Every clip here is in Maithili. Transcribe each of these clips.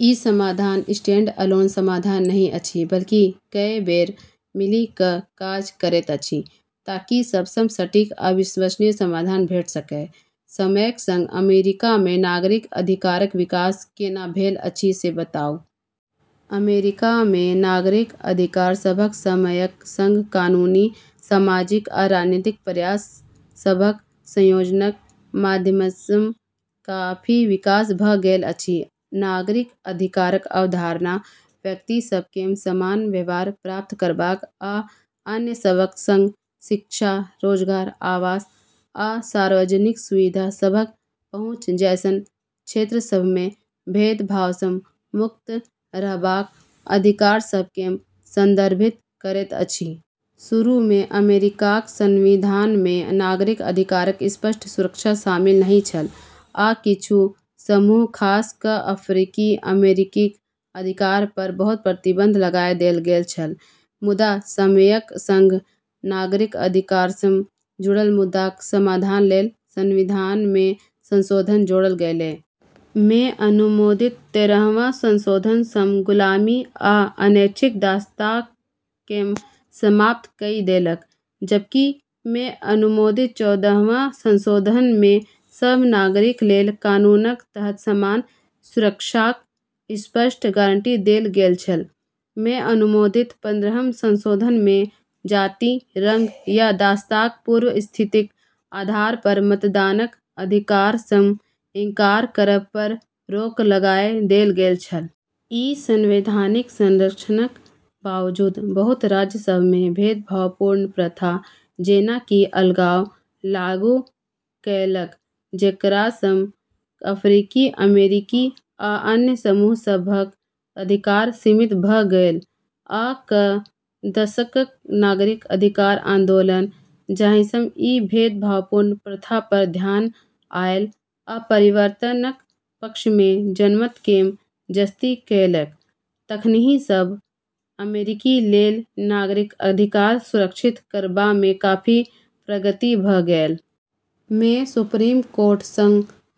ई समाधान स्टैंडअलोन समाधान नहि अछि बल्कि कए बेर मिलि कऽ काज करैत अछि, ताकि सबसँ सटीक आ विश्वसनीय समाधान भेट सकए। समयक संग अमेरिकामे नागरिक अधिकारक विकास केना भेल अछि से बताउ। अमेरिकामे नागरिक अधिकार सभक समयक सँग कानूनी, सामाजिक आ राजनीतिक प्रयास सभक संयोजनक माध्यमसँ काफी विकास भऽ गेल अछि। नागरिक अधिकारक अवधारणा व्यक्तिसभकेँ समान व्यवहार प्राप्त करबाक आ अन्य सभक संग शिक्षा, रोजगार, आवास, आ सार्वजनिक सुविधा सभक पहुँच जैसन क्षेत्रसभमे भेदभावसँ मुक्त रहबाक अधिकारसभकेँ संदर्भित करैत अछि। शुरूमे अमेरिकाक संविधानमे नागरिक अधिकारक स्पष्ट सुरक्षा शामिल नहि छल, आ किछु समूह खास कऽ अफ्रीकी अमेरिकीक अधिकारपर बहुत प्रतिबंध लगाए देल गेल छल। मुदा समयक सँग नागरिक अधिकारसँ जुड़ल मुद्दाक समाधानलेल संविधानमे संशोधन जोड़ल गेलै। मे अनुमोदित तेरहवाँ संशोधन सँ गुलामी आ अनैच्छिक दासताकेँ समाप्त कइ देलक, जबकि मे अनुमोदित चौदहवाँ संशोधनमे सब नागरिकलेल कानूनक तहत समान सुरक्षाक स्पष्ट गारंटी देल गेल छल। मे अनुमोदित पन्द्रहम संशोधनमे जाति, रंग या दासताक पूर्व स्थितिक आधारपर मतदानक अधिकारसँ इंकार करबपर रोक लगाए देल गेल छल। ई संवैधानिक संरक्षणक बावजूद, बहुत राज्यसभमे भेदभावपूर्ण प्रथा, जेना कि अलगाव, लागू कएलक, जेकरासँ अफ्रीकी अमेरिकी आ अन्य समूहसभक अधिकार सीमित भऽ गेल। आ क दशकक नागरिक अधिकार आंदोलन, जाहिसँ ई भेदभावपूर्ण प्रथापर ध्यान आएल आ परिवर्तनक पक्षमे जनमतकेँ जस्ती कएलक, तखनहि सब अमेरिकी लेल नागरिक अधिकार सुरक्षित करबामे काफी प्रगति भऽ गेल। मे सुप्रीम कोर्ट सँ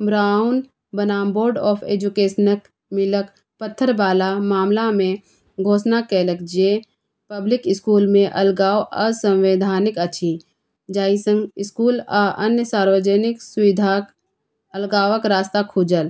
ब्राउन बनाम बोर्ड ऑफ एजुकेशनक मीलक पत्थरबाला मामलामे घोषणा कएलक जे पब्लिक स्कूलमे अलगाव असंवैधानिक अछि, जाहिसँ स्कूल आ अन्य सार्वजनिक सुविधाक अलगावक रास्ता खुजल।